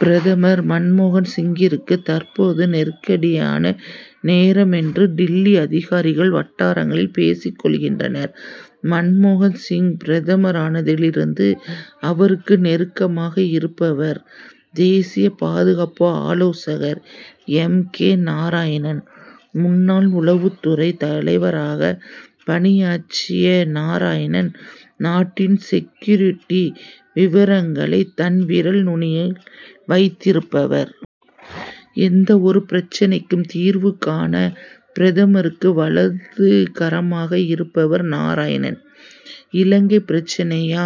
பிரதமர் மன்மோகன் சிங்கிற்கு, தற்போது நெருக்கடியான நேரம் என்று, டில்லி அதிகாரிகள் வட்டாரங்களில் பேசிக் கொள்கின்றனர். மன்மோகன் சிங் பிரதமரானதிலிருந்து, அவருக்கு நெருக்கமாக இருப்பவர், தேசிய பாதுகாப்பு ஆலோசகர் எம். கே. நாராயணன். முன்னாள் உளவுத்துறை தலைவராகப் பணியாற்றிய நாராயணன், நாட்டின் செக்யூரிட்டி விவகாரங்களை, தன் விரல் நுனியில் வைத்திருப்பவர். எந்த ஒரு பிரச்னைக்கும் தீர்வு காண, பிரதமருக்கு வலது கரமாக இருப்பவர் நாராயணன். இலங்கைப் பிரச்னையா,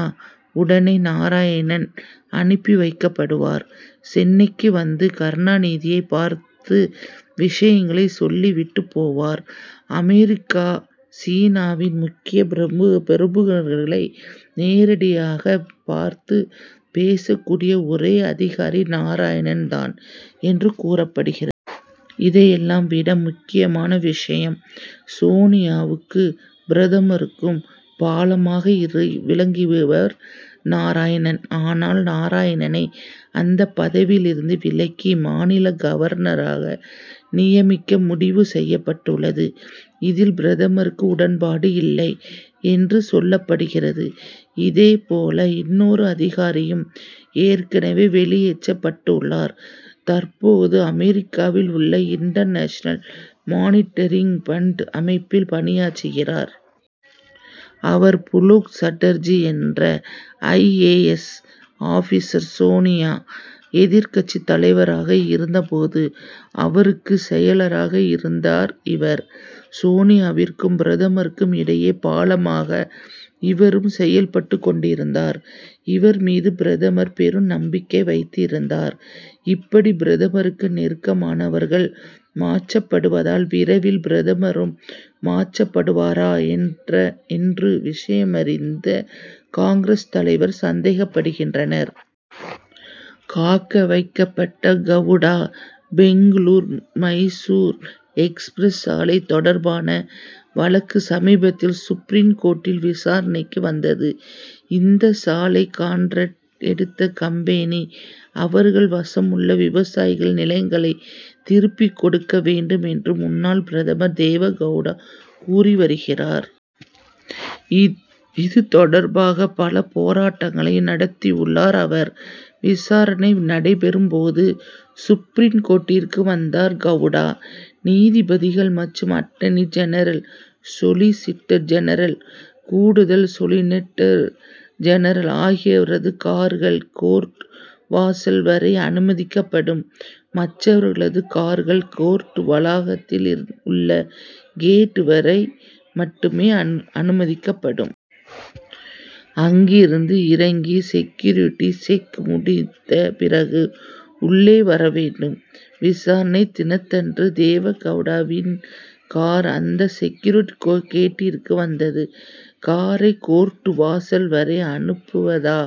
உடனே நாராயணன் அனுப்பி வைக்கப்படுவார்; சென்னைக்கும் வந்து, கருணாநிதியைப் பார்த்து விஷயத்தைச் சொல்லிவிட்டுப் போவார். அமெரிக்கா, சீனாவின் முக்கிய பிரமுகர்களை நேரடியாகப் பார்த்து பேசக்கூடிய ஒரே அதிகாரி நாராயணன் தான் என்று கூறப்படுகிறது. இதையெல்லாம் விட முக்கியமான விஷயம், சோனியாவுக்கும், பிரதமருக்கும் பாலமாக விளங்கியவர் நாராயணன். ஆனால், நாராயணனை அந்தப் பதவியிலிருந்து விலக்கி, மாநில கவர்னராக நியமிக்க முடிவு செய்யப்பட்டுள்ளது. இதில், பிரதமருக்கு உடன்பாடில்லை என்றும் சொல்லப்படுகிறது. இதே போல இன்னொரு அதிகாரியும், ஏற்கனவே வெளியேற்றப்பட்டுள்ளார். தற்போது, அமெரிக்காவில் உள்ள இன்டர்நேஷனல் மானிடரிங் பண்ட் அமைப்பில் பணியாற்றுகிறார். அவர், புலோக் சட்டர்ஜி என்ற I. A. S., officer. Sonia எதிர்க்கட்சி தலைவராக இருந்த போது, அவருக்கு செயலராக இருந்தார் இவர். சோனியாவிற்கும், பிரதமருக்கும் இடையே பாலமாக, இவரும் செயல்பட்டுக் கொண்டிருந்தார். இவர் மீது பிரதமர், பெரும் நம்பிக்கை வைத்திருந்தார். இப்படி, பிரதமருக்கு நெருக்கமானவர்கள் மாற்றப்படுவதால், விரைவில் பிரதமரும் மாற்றப்படுவாரா என்று, விஷயமறிந்த காங்கிரஸ் தலைவர்கள் சந்தேகப்படுகின்றனர். காக்க வைக்கப்பட்ட கவுடா பெங்களூரு மைசூரு எக்ஸ்பிரஸ் சாலை தொடர்பான வழக்கு சமீபத்தில் சுப்ரீம் கோர்ட்டில் விசாரணைக்கு வந்தது. 'இந்த சாலை கான்ட்ராக்ட் எடுத்த கம்பெனி, அவர்கள் வசமுள்ள விவசாயிகள் நிலங் களை திருப்பிக் கொடுக்க வேண்டும்' என்று முன்னாள் பிரதமர் தேவகவுடா கூறி வருகிறார். இது தொடர்பாக பல போராட்டங்களையும் நடத்தியுள்ளார் அவர். விசாரணை நடைபெறும் போது, சுப்ரீம் கோர்ட்டிற்கு வந்தார் கவுடா. நீதிபதிகள் மற்றும் அட்டர்னி ஜெனரல், சொலிசிட்டர் ஜெனரல், கூடுதல் சொலிசிட்டர் ஜெனரல் ஆகியோரது கார்கள், கோர்ட் வாசல் வரை அனுமதிக்கப்படும். மற்றவர்களது கார்கள், கோர்ட் வளாகத்தில் உள்ள கேட் வரை மட்டுமே அனுமதிக்கப்படும். அங்கிருந்து இறங்கி செக்யூரிட்டி செக் முடித்த பிறகு உள்ளே வர வேண்டும். விசாரணை தினத்தன்று, தேவகவுடாவின் கார், அந்த செக்யூரிட்டி கேட்டிற்கு வந்தது. காரை கோர்ட் வாசல் வரை அனுப்புவதா,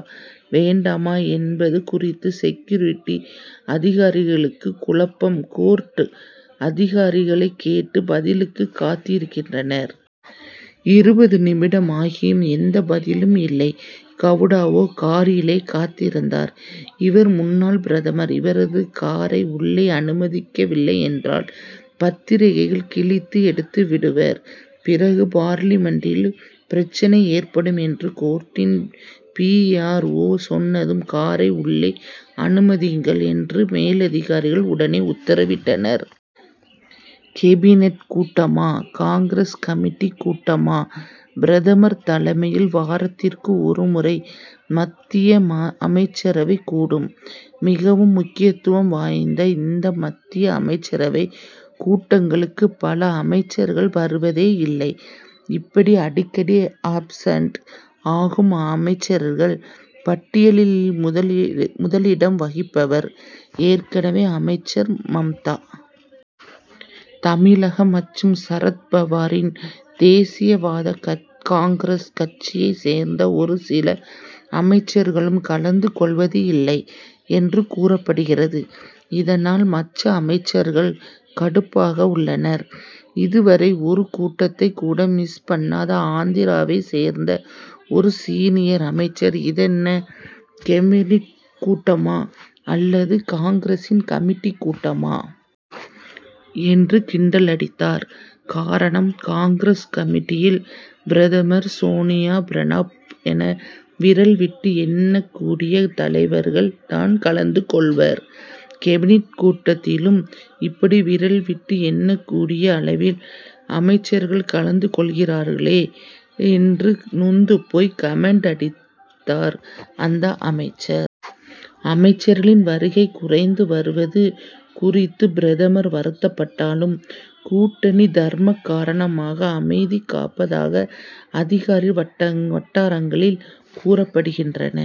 வேண்டாமா என்பது குறித்து, செக்யூரிட்டி அதிகாரிகளுக்கு குழப்பம். கோர்ட் அதிகாரிகளைக் கேட்டு, பதிலுக்கு காத்திருந்தனர். இருபது நிமிடமாகியும் எந்த பதிலும் இல்லை. கவுடாவோ காரிலேயே காத்திருந்தார். 'இவர் முன்னாள் பிரதமர். இவரது காரை உள்ளே அனுமதிக்கவில்லையென்றால், பத்திரிகைகளில் கிழித்து எடுத்து விடுவர்; பிறகு பார்லிமென்டிலும் பிரச்னை ஏற்படும்' என்று கோர்ட்டின் பி. ஆர். ஓ., சொன்னதும், 'காரை உள்ளே அனுமதியுங்கள்' என்று மேலதிகாரிகள் உடனே உத்தரவிட்டனர். கேபினட் கூட்டமா, காங்கிரஸ் கமிட்டி கூட்டமா? பிரதமர் தலைமையில், வாரத்திற்கு ஒரு முறை மத்திய அமைச்சரவை கூடும். மிகவும் முக்கியத்துவம் வாய்ந்த இந்த மத்திய அமைச்சரவைக் கூட்டங்களுக்கு, பல அமைச்சர்கள் வருவதேயில்லை. இப்படி அடிக்கடி ஆப்சென்ட் ஆகும் அமைச்சர்கள் பட்டியலில் முதலிடம் வகிப்பவர், ரயில்வே அமைச்சர் மம்தா. தமிழகம் மற்றும் சரத் பவாரின் தேசியவாத காங்கிரஸ் கட்சியைச் சேர்ந்த ஒரு சில அமைச்சர்களும் கலந்து கொள்வதில்லை என்று கூறப்படுகிறது. இதனால், மற்ற அமைச்சர்கள் கடுப்பாக உள்ளனர். இதுவரை, ஒரு கூட்டத்தைக் கூட மிஸ் பண்ணாத ஆந்திராவைச் சேர்ந்த ஒரு சீனியர் அமைச்சர், 'இதென்ன கேபினட் கூட்டமா அல்லது காங்கிரசின் கமிட்டி கூட்டமா? ' என்று கிண்டலடித்தார். காரணம், காங்கிரஸ் கமிட்டியில் பிரதமர், சோனியா, பிரணாப் என, விரல் விட்டு எண்ணக்கூடிய தலைவர்கள் தான் கலந்து கொள்வர். 'கேபினட் கூட்டத்திலும் இப்படி விரல் விட்டு எண் ணக்கூடிய அளவில் அமைச்சர்கள் கலந்து கொள்கின்றனரே' என்று நொந்து போய், 'கமென்ட்' அடித்தார் அந்த அமைச்சர். அமைச்சர்களின் வருகை குறைந்து வருவது குறித்து பிரதமர் வருத்தப்பட்டாலும், கூட்டணி தர்மம் காரணமாக அமைதி காப்பதாக, அதிகாரிகள் வட்டாரங்களில் கூறப்படுகின்றன.